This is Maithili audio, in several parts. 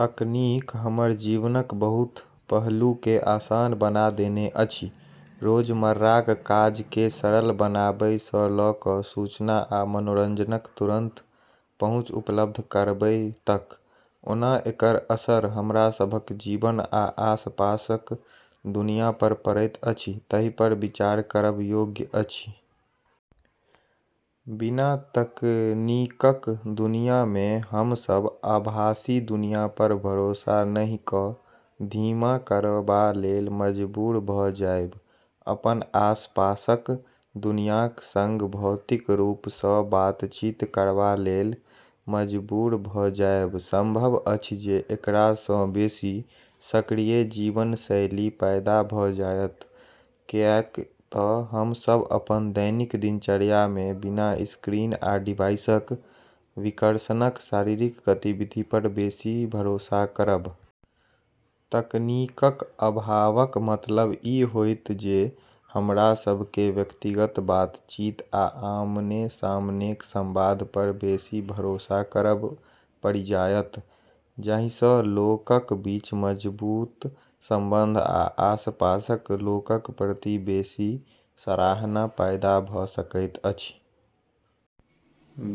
तकनीक हमर जीवनक बहुत पहलूकेँ आसान बना देने अछि, रोजमर्राक काजकेँ सरल बनाबै सँ लऽ कऽ सूचना आ मनोरंजनक तुरंत पहुँच उपलब्ध करबै तक। ओना एकर असर हमरा सभक जीवन आ आसपासक दुनिया पर पड़ैत अछि ताहि पर विचार करब योग्य अछि। बिना तकनीकक दुनिया मे हम सभ आभासी दुनिया पर भरोसा नहि कऽ धीमा करबा लेल मजबूर भऽ जायब, अपन आसपासक दुनियाक संग भौतिक रूप सँ बातचीत करबा लेल मजबूर भऽ जायब। संभव अछि जे एकरा सँ बेसी सक्रिय जीवनशैली पैदा भऽ जायत, कैएक तँ हम सभ अपन दैनिक दिनचर्या मे बिना स्क्रीन आ डिवाइसक विकर्षणक शारीरिक गतिविधि पर बेसी भरोसा करब। तकनीकक अभावक मतलब ई होइत जे हमरा सभकेँ व्यक्तिगत बातचीत आ आमने-सामनेक संवाद पर बेसी भरोसा करब पड़ि जायत, जाही सँ लोकक बीच मजबूत संबंध आ आसपासक लोकक प्रति बेसी सराहना पैदा भऽ सकैत अछि।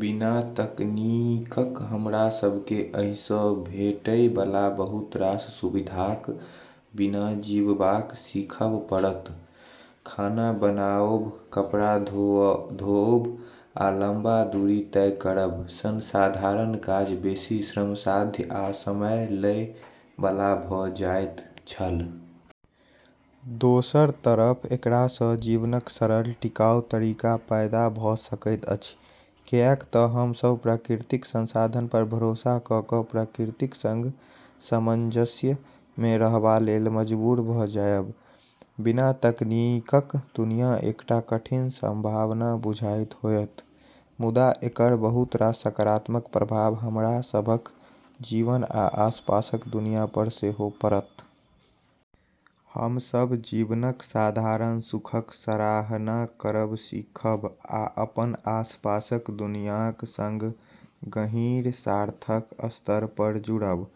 बिना तकनीकक हमरा सभकेँ एहि सँ भेटै बला बहुत रास सुविधाक बिना जीबबाक सीखब पड़त। खाना बनाओब, कपड़ा धोओब, आ लंबा दूरी तय करब सन साधारण काज बेसी श्रमसाध्य आ समय लै बला भऽ जाइत छल। दोसर तरफ एकरा सँ जीवनक सरल, टिकाऊ तरीका पैदा भऽ सकैत अछि, कैएक तँ हम सभ प्राकृतिक संसाधन पर भरोसा कऽ कऽ प्रकृतिक संग सामंजस्य मे रहबा लेल मजबूर भऽ जायब। बिना तकनीकक दुनिया एकटा कठिन संभावना बुझाइत होयत, मुदा एकर बहुत रास सकारात्मक प्रभाव हमरा सभक जीवन आ आसपासक दुनिया पर सेहो पड़त। हम सभ जीवनक साधारण सुखक सराहना करब सीखब आ अपन आसपासक दुनियाक संग गहींर, सार्थक स्तर पर जुड़ब।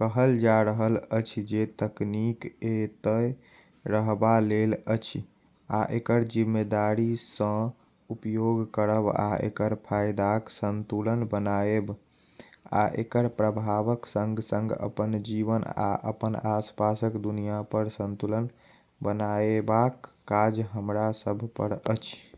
कहल जा रहल अछि जे तकनीक एतय रहबा लेल अछि, आ एकर जिम्मेदारी सँ उपयोग करब आ एकर फायदाक संतुलन बनाएब आ एकर प्रभावक संग-संग अपन जीवन आ अपन आसपासक दुनिया पर संतुलन बनाएबाक काज हमरा सभ पर अछि।